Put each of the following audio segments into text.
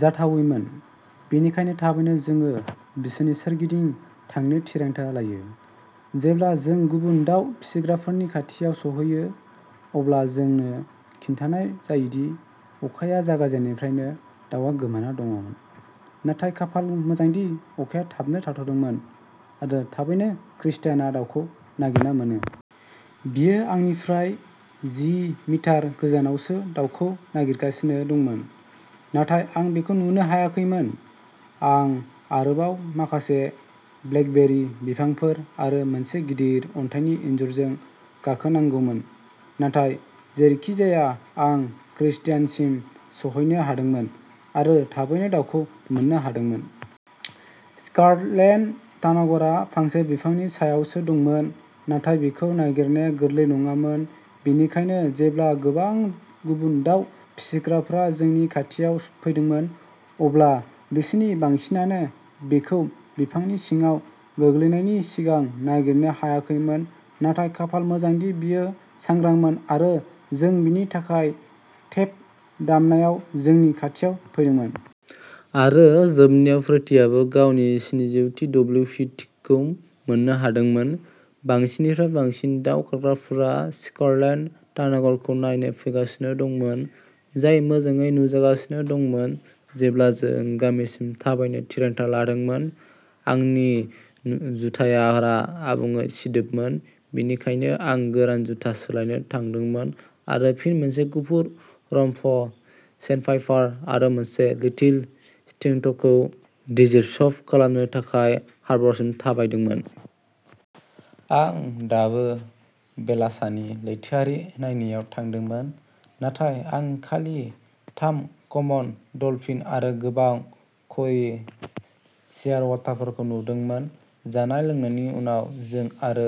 जाथावैमोन, बेनिखायनो थाबैनो जों बिसोरनि सोरगिदिं थांनो थिरांथा लायो। जेब्ला जों गुबुन दाउ फिसिग्राफोरनि खाथियाव सौहैयो, अब्ला जोंनो खिन्थानाय जायो दि अखाया जागायनायनिफ्रायनो दाउआ गोमाना दंमोन, नाथाय खाफाल मोजांदि अखाया थाबनो थाद'दोंमोन। आरो थाबैनो क्रिस्टियानआ दाउखौ नागिरना मोनो। बियो आंनिफ्राय जि मिटार गोजौआवसो दाउखौ नायगासिनो दंमोन, नाथाय आं बेखौ नुनो हायाखैमोन। आं आरोबाव माखासे ब्लेकबेरी बिफांफोर आरो मोनसे गिदिर अन्थाइनि इनजुरजों गाखोनांगौमोन, नाथाय जेरैखिजाया आं क्रिस्टियानसिम सौहैनो हादोंमोन आरो थाबैनो दाउखौ मोन्नो हादोंमोन। स्कारलेट तानागरआ फांसे बिफांनि सायावसो दंमोन नाथाय बेखौ नागिरनाया गोरलै नङामोन, बेनिखायनो जेब्ला गोबां गुबुन दाउ फिसिग्राफोरा जोंनि खाथियाव फैदोंमोन, अब्ला बिसोरनि बांसिनानो बेखौ बिफांनि सिङाव गोग्लैनायनि सिगां नागिरनो हायाखैमोन। नाथाय खाफाल मोजांदि बेयो सांग्रांमोन आरो जों बेनि थाखाय टेप दामनायाव जोंनि खाथियाव फैदोंमोन। आरो जोबनायाव पेट्रीआबो गावनि स्निजौ थि डब्लिउपि टिकखौ मोन्नो हादोंमोन। बांसिननिफ्राय बांसिन दाव खारग्राफोरा स्कारलेट तानागरखौ नायनो फैगासिनो दंमोन, जाय मोजाङै नुजागासिनो दंमोन, जेब्ला जों गामिसिम थाबायनो थिरांथा लादोंमोन। आंनि जुथाफोरा आबुङै सिदोबमोन, बेनिखायनो आं गोरान जुथा सोलायनो थांदोंमोन आरो फिन मोनसे गुफुर रम्प सेन्डपाइपार आरो मोनसे लिटिल स्टिंटखौ डिजिस्क'प खालामनो थाखाय हार्बरसिम थाबायदोंमोन। आं दाबो बेलासानि लैथोआरि नायनायाव थांदोंमोन नाथाय आं खालि थाम कमन डलफिन आरो गोबां क'री शियारवाटारफोरखौ नुदोंमोन। जानाय-लोंनायनि उनाव जों आरो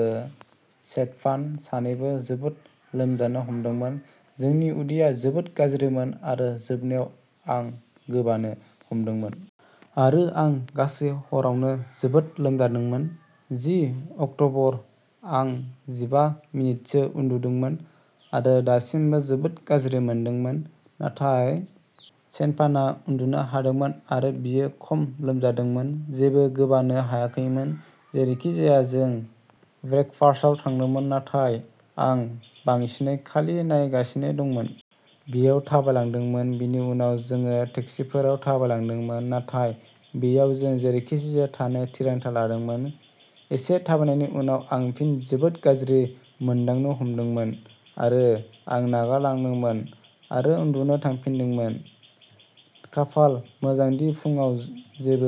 स्टेफान सानैबो जोबोद लोमजानो हमदोंमोन। जोंनि उदैया जोबोद गाज्रिमोन आरो जोबनायाव आं गोबानो हमदोंमोन। आरो आं गासै हरावनो जोबोद लोमजादोंमोन जि अक्ट'बर। आं जिबा मिनिटसो उन्दुदोंमोन आरो दासिमबो जोबोद गाज्रि मोनदोंमोन नाथाय स्टेफानआ उन्दुनो हादोंमोन आरो बियो खम लोमजादोंमोन, जेबो गोबानो हायाखैमोन। जेरैखिजाया जों ब्रेकफास्टआव थांदोंमोन नाथाय आं बांसिनै खालि नायगासिनो दंमोन। बेयाव थाबायलांदोंमोन। बेनि उनाव जों टेक्सिफोराव थाबायलांदोंमोन नाथाय बैयाव जों जेरैखिजाया थानो थिरांथा लादोंमोन। एसे थाबायनायनि उनाव, आं फिन जोबोद गाज्रि मोनदांनो हमदोंमोन आरो आं नागारनांदोंमोन आरो उन्दुनो थांफिननांदोंमोन। खाफाल मोजां दि फुंआव जेबो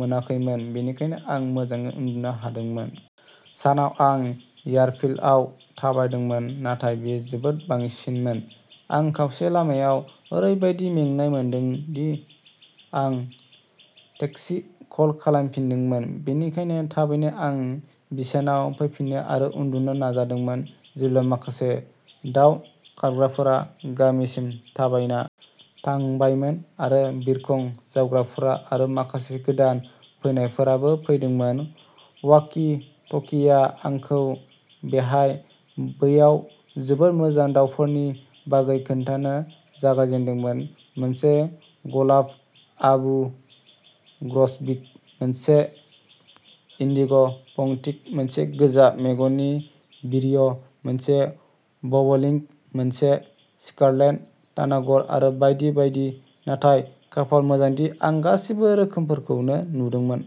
मोनाखैमोन, बेनिखायनो आं मोजाङै उन्दुनो हादोंमोन। सानाव आं एयारफील्डआव थाबायदोंमोन नाथाय बेयो जोबोद बांसिनमोन। आं खावसे लामायाव ओरैबादि मेंनाय मोनदोंमोन दि आं टेक्सि कल खालामफिनदोंमोन बेनिखायनो थाबैनो आं बिसानाव फैफिनो आरो उन्दुनो नाजादोंमोन। जेब्ला माखासे दाव खारग्राफोरा गामिसिम थाबायना थांबायमोन आरो बिरखं-जावग्राफोर आरो माखासे गोदान फैनायफोराबो फैदोंमोन, वाकि-टकिआ आंखौ बेहाय-बैयाव जोबोद मोजां दावफोरनि बागै खोन्थानो जागायदोंमोन, मोनसे गलाब आबु ग्रसबिक, मोनसे इन्डिग'बंटिंग, मोनसे गोजा-मेगननि विरिय', मोनसे बब'लिंक, मोनसे स्कारलेट तानागर आरो बायदि बायदि, नाथाय खाफाल मोजांदि आं गासैबो रोखोमफोरखौ नुदोंमोन।